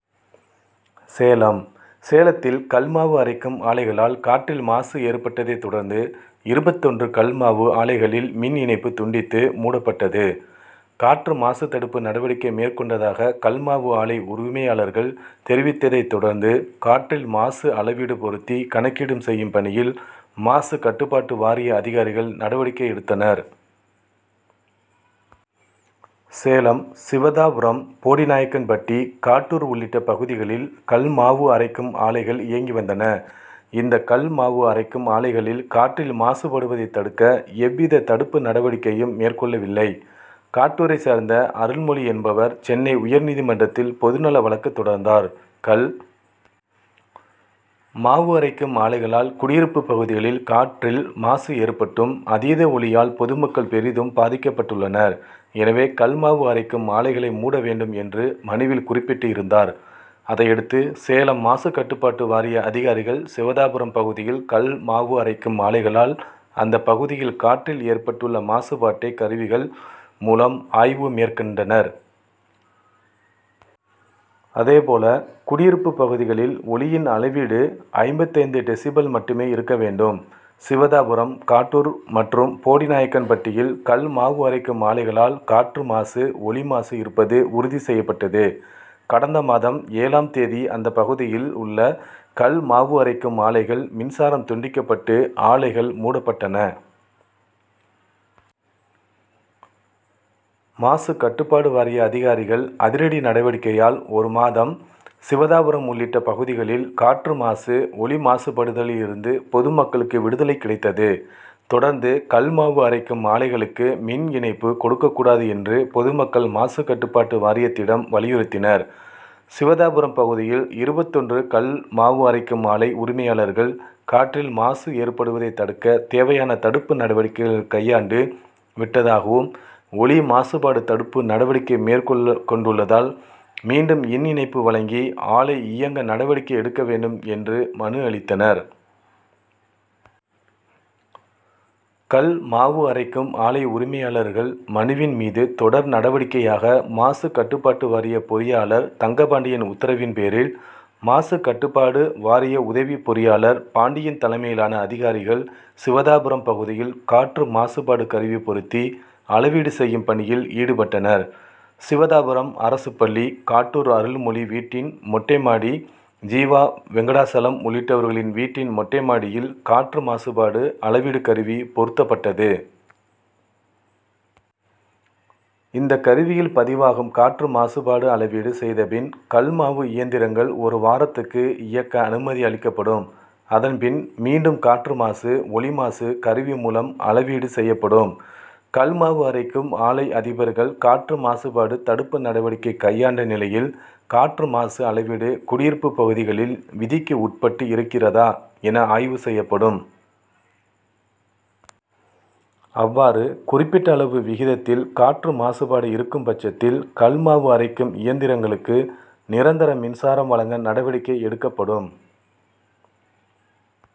சேலம் சேலத்தில் கல் மாவு அரைக்கும் ஆலைகளால் காற்றில் மாசு ஏற்பட்டதை தொடர்ந்து, இருபத்தொன்று கல் மாவு ஆலைகளில் மின் இணைப்பு துண்டித்து, மூடப்பட்டது. காற்று மாசு தடுப்பு நடவடிக்கை மேற்கொண்டதாக கல் மாவு ஆலை உரிமையாளர்கள் தெரிவித்ததை தொடர்ந்து, காற்றில் மாசு அளவீடு பொருத்தி கணக்கீடு செய்யும் பணியில் மாசுகட்டுப்பாடு வாரிய அதிகாரிகள் நடவடிக்கை எடுத்தனர். சேலம் சிவதாபுரம், போடிநாயக்கன்பட்டி, காட்டூர் உள்ளிட்ட பகுதிகளில் கல் மாவு அரைக்கும் ஆலைகள் இயங்கி வந்தன. இந்த கல் மாவு அரைக்கும் ஆலைகளில் காற்றில் மாசு படுவதை தடுக்க எவ்வித தடுப்பு நடவடிக்கையும் மேற்கொள்ளவில்லை. காட்டூரை சேர்ந்த அருள்மொழி என்பவர் சென்னை உயர் நீதிமன்றத்தில் பொது நல வழக்கு தொடர்ந்தார்.கல் மாவு அரைக்கும் ஆலைகளால் குடியிருப்பு பகுதிகளில் காற்றில் மாசு ஏற்பட்டும், அதீத ஒலியால் பொதுமக்கள் பெரிதும் பாதிக்கப்பட்டுள்ளனர். எனவே, கல் மாவு அரைக்கும் ஆலைகளை மூட வேண்டும் என்று மனுவில் குறிப்பிட்டு இருந்தார். அதையடுத்து, சேலம் மாசுகட்டுப்பாட்டு வாரிய அதிகாரிகள் சிவதாபுரம் பகுதியில கல் மாவு அரைக்கும் ஆலைகளால் அந்த பகுதியில் காற்றில் ஏற்பட்டுள்ள மாசுபாட்டை கருவிகள் மூலம் ஆய்வு மேற்கொண்டனர். அதேபோல, குடியிருப்பு பகுதிகளில் ஒலியின் அளவீடு ஐம்பத்தைந்து டெசிபல் மட்டுமே இருக்க வேண்டும். சிவதாபுரம், காட்டூர் மற்றும் போடிநாயக்கன்பட்டியில் கல் மாவு அரைக்கும் ஆலைகளால் காற்று மாசு, ஒலி மாசு இருப்பது உறுதி செய்யப்பட்டது. கடந்த மாதம் ஏழாம் தேதி அந்த பகுதியில் உள்ள கல் மாவு அரைக்கும் ஆலைகள் மின்சாரம் துண்டிக்கப்பட்டு, ஆலைகள் மூடப்பட்டன. மாசுகட்டுபாடு வாரிய அதிகாரிகள் அதிரடி நடவடிக்கையால் ஒரு மாதம் சிவதாபுரம் உள்ளிட்ட பகுதிகளில் காற்று மாசு, ஒலி மாசுபடுதலில் இருந்து பொதுமக்களுக்கு விடுதலை கிடைத்தது. தொடர்ந்து கல் மாவு அரைக்கும் ஆலைகளுக்கு மின் இணைப்பு கொடுக்க கூடாது என்று பொதுமக்கள் மாசுகட்டுப்பாடு வாரியத்திடம் வலியுறுத்தினர். சிவதாபுரம் பகுதியில் இருபத்தொன்று கல் மாவு அரைக்கும் ஆலை உரிமையாளர்கள், காற்றில் மாசு ஏற்படுவதை தடுக்க தேவையான தடுப்பு நடவடிக்கை கையாண்டு விட்டதாகவும், ஒலி மாசுபாடு தடுப்பு நடவடிக்கை மேற்கொண்டுள்ளதால், மீண்டும் மின் இணைப்பு வழங்கி ஆலை இயங்க நடவடிக்கை எடுக்க வேண்டும்' என்று மனு அளித்தனர். கல் மாவு அரைக்கும் ஆலை உரிமையாளர்கள் மனுவின் மீது தொடர் நடவடிக்கையாக மாசுகட்டுப்பாடு வாரிய பொறியாளர் தங்கபாண்டியன் உத்தரவின் பேரில் மாசுகட்டுப்பாடு வாரிய உதவி பொறியாளர் பாண்டியன் தலைமையிலான அதிகாரிகள் சிவதாபுரம் பகுதியில் காற்று மாசுபாடு கருவி பொருத்தி அளவீடு செய்யும் பணியில் ஈடுபட்டனர். சிவதாபுரம் அரசு பள்ளி, காட்டூர் அருள்மொழி வீட்டின் மொட்டை மாடி, ஜீவா, வெங்கடாசலம் உள்ளிட்டவர்களின் வீட்டின் மொட்டை மாடியில் காற்று மாசுபாடு அளவீடு கருவி பொருத்தப்பட்டது. இந்த கருவியில் பதிவாகும் காற்று மாசுபாடு அளவீடு செய்த பின், கல் மாவு இயந்திரங்கள் ஒரு வாரத்துக்கு இயக்க அனுமதி அளிக்கப்படும். அதன் பின், மீண்டும் காற்று மாசு, ஒலி மாசு கருவி மூலம் அளவீடு செய்யப்படும். கல் மாவு அரைக்கும் ஆலை அதிபர்கள் காற்று மாசுபாடு தடுப்பு நடவடிக்கை கையாண்ட நிலையில் காற்று மாசு அளவீடு குடியிருப்பு பகுதிகளில் விதிக்கு உட்பட்டு இருக்கிறதா என ஆய்வு செய்யப்படும். அவ்வாறு குறிப்பிட்ட அளவு விகிதத்தில் காற்று மாசுபாடு இருக்கும்பட்சத்தில் கல் மாவு அரைக்கும் இயந்திரங்களுக்கு நிரந்தர மின்சாரம் வழங்க நடவடிக்கை எடுக்கப்படும்.